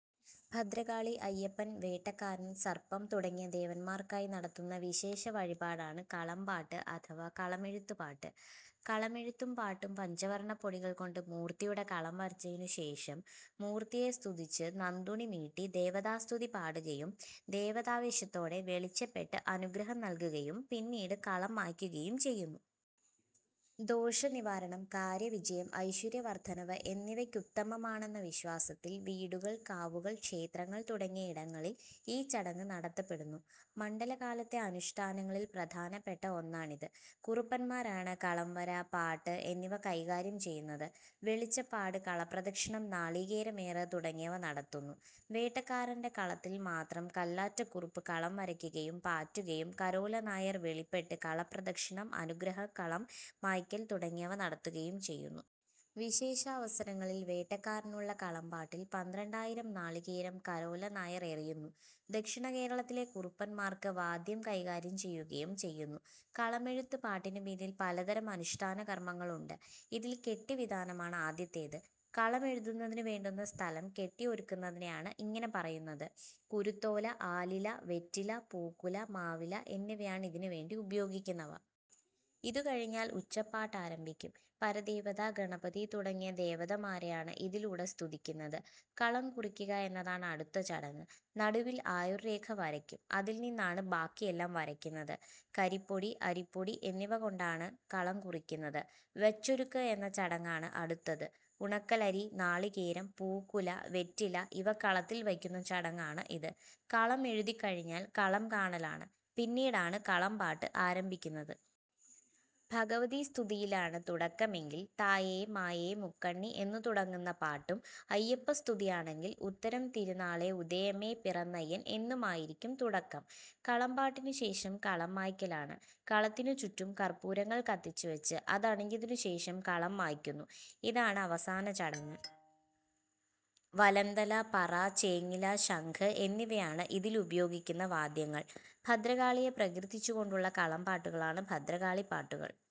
ഭദ്രകാളി, അയ്യപ്പൻ, വേട്ടക്കരൻ, സർപ്പം തുടങ്ങിയ ദേവന്മാർക്കായി നടത്തുന്ന വിശേഷ വഴിപാടാണ് കളംപാട്ട് അഥവാ കളമെഴുത്തുപാട്ട്. കളമെഴുത്തും പാട്ടുംപഞ്ചവർണപ്പൊടികൾ കൊണ്ട് മൂർത്തിയുടെ കളം വരച്ചതിനു ശേഷം മൂർത്തിയെ സ്തുതിച്ച് നന്തുണി മീട്ടി ദേവതാസ്തുതി പാടുകയും ദേവതാവേശത്തോടെ വെളിച്ചപ്പെട്ട് അനുഗ്രഹം നൽകുകയും പിന്നീട് കളം മായ്ക്കുകയും ചെയ്യുന്നു. ദോഷനിവാരണം, കാര്യവിജയം, ഐശ്വര്യവർദ്ധനവ് എന്നിവക്കുത്തമമാണെന്ന വിശ്വാസത്തിൽ വീടൂകൾ, കാവുകൾ, ക്ഷേത്രങ്ങൾ തുടങ്ങിയ ഇടങ്ങളിൽ ഈ ചടങ്ങ് നടത്തപ്പെടുന്നു. മണ്ഡലകാലത്തെ അനുഷ്ഠാനങ്ങളിൽ പ്രധാനപ്പെട്ട ഒന്നാണിത്. കുറുപ്പന്മാരാണ് കളം വര, പാട്ട് എന്നിവ കൈകാര്യം ചെയ്യുന്നത്. വെളിച്ചപ്പാട് കളപ്രദക്ഷിണം നാളീകേരമേറ് തുടങ്ങിയവ നടത്തുന്നു. വേട്ടക്കരന്റെ കളത്തിൽ മാത്രം കല്ലാറ്റക്കുറുപ്പ് കളം വരക്കുകയും പാറ്റുകയും കാരോലനായർ വെളിപ്പെട്ട് കളപ്രദക്ഷിണം, അനുഗ്രഹം കളം മായ്ക്കൽ മുതലായവ നടത്തുകയും ചെയ്യുന്നു. വിശേഷാവസരങ്ങളിൽ വേട്ടക്കരനുള്ള കളം പാട്ടിൽ പന്ത്രണ്ടായിരം നാളികേരം കാരോലനായർ എറിയുന്നു. ദക്ഷിണകേരളത്തിലെ കുറുപ്പന്മാർക്ക് വാദ്യം കൈകാര്യം ചെയ്യുകയും ചെയ്യുന്നു. കളമെഴുത്ത് പാട്ടിനു പിന്നിൽ പലതരം അനുഷ്ടാനകർമ്മങ്ങളുണ്ട്. ഇതിൽ കെട്ടിവിതാനമാണ് ആദ്യത്തേത്. കളമെഴുതുന്നതിനു വേണ്ടുന്ന സ്ഥലം കെട്ടിയൊരുക്കുന്നതിനെയാണ് ഇങ്ങനെ പറയുന്നത്. കുരുത്തോല, ആലില, വെറ്റില, പൂക്കുല, മാവില എന്നിവയാണ് ഇതിനുവേണ്ടി ഉപയോഗിക്കുന്നവ. ഇതുകഴിഞ്ഞാൽ ഉച്ചപ്പാട്ടാരംഭിക്കും. പരദേവത, ഗണപതി, തുടങ്ങിയ ദേവതമാരെയാണ് ഇതിലൂടെ സ്തുതിക്കുന്നത്. കളംകുറിക്കുക എന്നതാണ് അടുത്ത ചടങ്ങ്. നടുവിൽ ആയുർ രേഖ വരയ്ക്കും അതിൽനിന്നാണ് ബാക്കിയെല്ലാം വരയ്ക്കുന്നത്. കരിപ്പൊടി, അരിപ്പൊടി, എന്നിവ കൊണ്ടാണ്കള് കുറിക്കുന്നത്. വെച്ചൊരുക്ക് എന്നചടങ്ങാണ് അടുത്തത്. ഉണക്കലരി, നാളീകേരം, പൂക്കുല, വെറ്റില ഇവ കളത്തിൽ വയ്ക്കുന്നചടങ്ങാണ് ഇത്. കളം എഴുതിക്കഴിഞ്ഞാൽ കളംകാണലാണ്. പിന്നീടാണ് കളംപാട്ട് ആരംഭിക്കുന്നത്. ഭഗവതി സ്തുതിയിലാണ് തുടക്കമെങ്കിൽ "തായേ മായേ മുക്കണ്ണി "എന്നുതുടങ്ങുന്നപാട്ടും അയ്യപ്പസ്തുതിയാണെങ്കിൽ "ഉത്തിരം തിരുനാളേ ഉദയമേ പിറന്നയ്യൻ"എന്നുമായിരിക്കം തുടക്കം. കളം പാട്ടിനുശേഷം കളം മായ്ക്കലാണ്. കളത്തിനുചുറ്റും കർപ്പൂരങ്ങൾ കത്തിച്ചുവച്ച് അതണഞ്ഞതിനുശേഷം കളം മായ്ക്കുന്നു. ഇതാണ് അവസാനചടങ്ങ്. വലന്തല, പറ, ചേങ്ങില, ശംഖ്, എന്നിവയാണ് ഇതിലുപയോഗിക്കുന്ന വാദ്യങ്ങൾ. ഭദ്രകാളിയെ പ്രകീർത്തിച്ചുകൊണ്ടുള്ള കളം പാട്ടുകളാണ് ഭദ്രകാളിപാട്ടുകൾ.